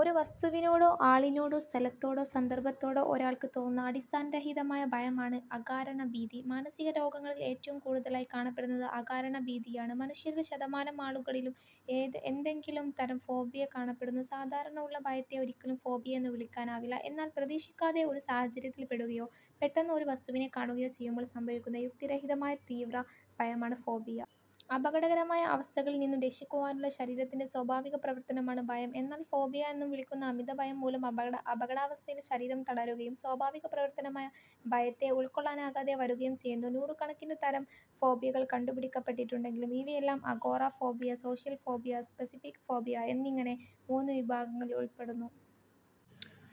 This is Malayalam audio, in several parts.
ഒരു വസ്തുവിനോടോ ആളിനോടോ സ്ഥലത്തോടോ സന്ദർഭത്തോടോ ഒരാൾക്ക് തോന്നുന്ന അടിസ്ഥാനരഹിതമായ ഭയമാണ് അകാരണഭീതി. മാനസിക രോഗങ്ങളിൽ ഏറ്റവും കൂടുതലായി കാണപ്പെടുന്നത് അകാരണഭീതിയാണ്. മനുഷ്യരിൽ ശതമാനം ആളുകളിലും എന്തെങ്കിലും തരം ഫോബിയ കാണപ്പെടുന്നു. സാധാരണ ഉള്ള ഭയത്തെ ഒരിക്കലും ഫോബിയ എന്നു വിളിക്കാനാവില്ല. എന്നാൽ പ്രതീക്ഷിക്കാതെ ഒരു സാഹചര്യത്തിൽപ്പെടുകയോ പെട്ടെന്നു് ഒരു വസ്തുവിനെ കാണുകയോ ചെയ്യുമ്പോൾ സംഭവിക്കുന്ന യുക്തിരഹിതമായ തീവ്ര ഭയമാണ് ഫോബിയ. അപകടകരമായ അവസ്ഥകളിൽ നിന്നും രക്ഷിക്കുവാനുള്ള ശരീരത്തിന്റെ സ്വാഭാവികപ്രവർത്തനമാണ് ഭയം. എന്നാൽ ഫോബിയ എന്നു വിളിക്കുന്ന അമിതഭയം മൂലം അപകടാവസ്ഥയിൽ ശരീരം തളരുകയും സ്വാഭാവികപ്രവർത്തനമായ ഭയത്തെ ഉൾക്കൊള്ളാനാകാതെ വരുകയും ചെയ്യുന്നു. നൂറുകണക്കിനു തരം ഫോബിയകൾ കണ്ടുപിടിക്കപ്പെട്ടിട്ടുണ്ടെങ്കിലും ഇവയെല്ലാം agoraphobia, social phobia, specific phobia എന്നിങ്ങനെ മൂന്നു വിഭാഗങ്ങളിൽ ഉൾപ്പെടുന്നു.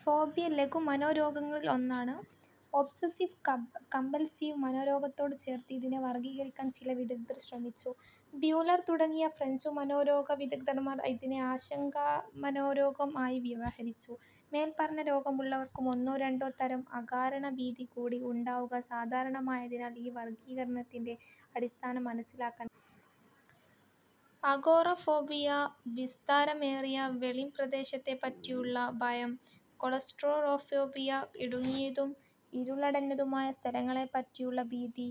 ഫോബിയ ലഘുമനോരോഗങ്ങളിൽ ഒന്നാണ്. ഒബ്സസിവ് കമ്പൽസീവ് മനോരോഗത്തോടു ചേർത്ത് ഇതിനെ വർഗീകരിക്കാൻ ചില വിദഗ്ദർ ശ്രമിച്ചു. ബ്യൂലർ തുടങ്ങിയ ഫ്രഞ്ചു മനോരോഗവിദഗ്ദ്ധന്മാർ ഇതിനെ ആശങ്കാമനോരോഗം ആയി വ്യവഹരിച്ചു. മേൽപറഞ്ഞ രോഗമുള്ളവർക്കും ഒന്നോ രണ്ടോ തരം അകാരണഭീതി കൂടി ഉണ്ടാവുക സാധാരണമായതിനാൽ ഈ വർഗീകരണത്തിന്റെ അടിസ്ഥാനം മനസ്സിലാക്കാൻ കഴിയും. അഗോറഫോബിയ വിസ്താരമേറിയ വെളിംപ്രദേശത്തെപ്പറ്റിയുള്ള ഭയം, ക്ളൌസ്ട്രോഫോബിയ- ഇടുങ്ങിയതും ഇരുളടഞ്ഞതുമായ സ്ഥലങ്ങളെപ്പറ്റിയുള്ള ഭീതി,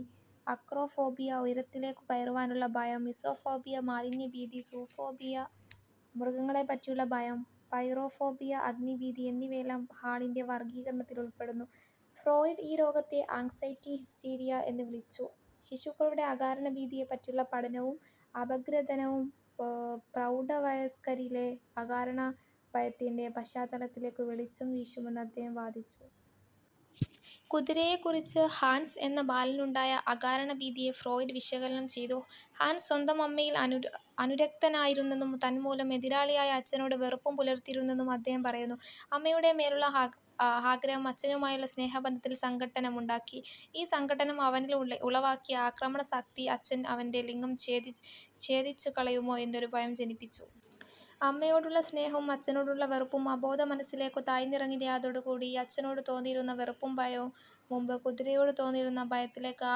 അക്രോഫോബിയ ഉയരത്തിലേക്കു കയറുവാനുള്ള ഭയം, മിസോഫോബിയ മാലിന്യഭീതി, സൂഫോബിയ മൃഗങ്ങളെപ്പറ്റിയുള്ള ഭയം, പൈറോഫോബിയ അഗ്നിഭീതി എന്നിവയെല്ലാം ഹാളിന്റെ വർഗീകരണത്തിലുൾപ്പെടുന്നു. ഫ്രോയിഡ് ഈ രോഗത്തെ ആങ്സൈറ്റി ഹിസ്റ്റീരിയ എന്നു വിളിച്ചു. ശിശുക്കളുടെ അകാരണഭീതിയെപ്പറ്റിയുള്ള പഠനവും അപഗ്രഥനവും പ്രൌഢവയസ്ക്കരിലെ അകാരണഭയത്തിന്റെ പശ്ചാത്തലത്തിലേക്കു വെളിച്ചം വീശുമെന്ന് അദ്ദേഹം വാദിച്ചു. കുതിരയെക്കുറിച്ച് ഹാൻസ് എന്ന ബാലനുണ്ടായ അകാരണഭീതിയെ ഫ്രോയിഡ് വിശകലനം ചെയ്തു. ഹാൻസ് സ്വന്തം അമ്മയിൽ അനുരക്തനായിരുന്നെന്നും തന്മൂലം എതിരാളിയായ അച്ഛനോട് വെറുപ്പു പുലർത്തിയിരുന്നെന്നും അദ്ദേഹം പറയുന്നു. അമ്മയുടെ മേലുള്ള ആഗ്രഹം അച്ഛനുമായുള്ള സ്നേഹബന്ധത്തിൽ സംഘട്ടനമുണ്ടാക്കി. ഈ സംഘട്ടനം അവനിൽ ഉളവാക്കിയ ആക്രമണാസക്തി, അച്ഛൻ അവന്റെ ലിംഗം ഛേദിച്ചുകളയുമോ എന്നൊരു ഭയം ജനിപ്പിച്ചു. അമ്മയോടുള്ള സ്നേഹവും അച്ഛനോടുള്ള വെറുപ്പും അബോധമനസ്സിലേക്കു താഴ്ന്നിറങ്ങി യതോടുകൂടി അച്ഛനോടു തോന്നിയിരുന്ന വെറുപ്പും ഭയവും മുമ്പ് കുതിരയോടുതോന്നിയിരുന്ന ഭയത്തിലേക്ക്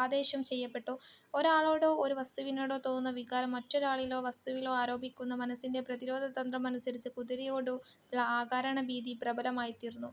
ആദേശം ചെയ്യപ്പെട്ടു. ഒരാളോടോ, ഒരു വസ്തുവിനോടോ തോന്നുന്ന വികാരം മറ്റൊരാളിലോ വസ്തുവിലോ ആരോപിക്കുന്ന മനസ്സിന്റെ പ്രതിരോധ തന്ത്രമനുസരിച്ച് കുതിരയോടുള്ള അകാരണഭീതി പ്രബലമായിത്തീർന്നു.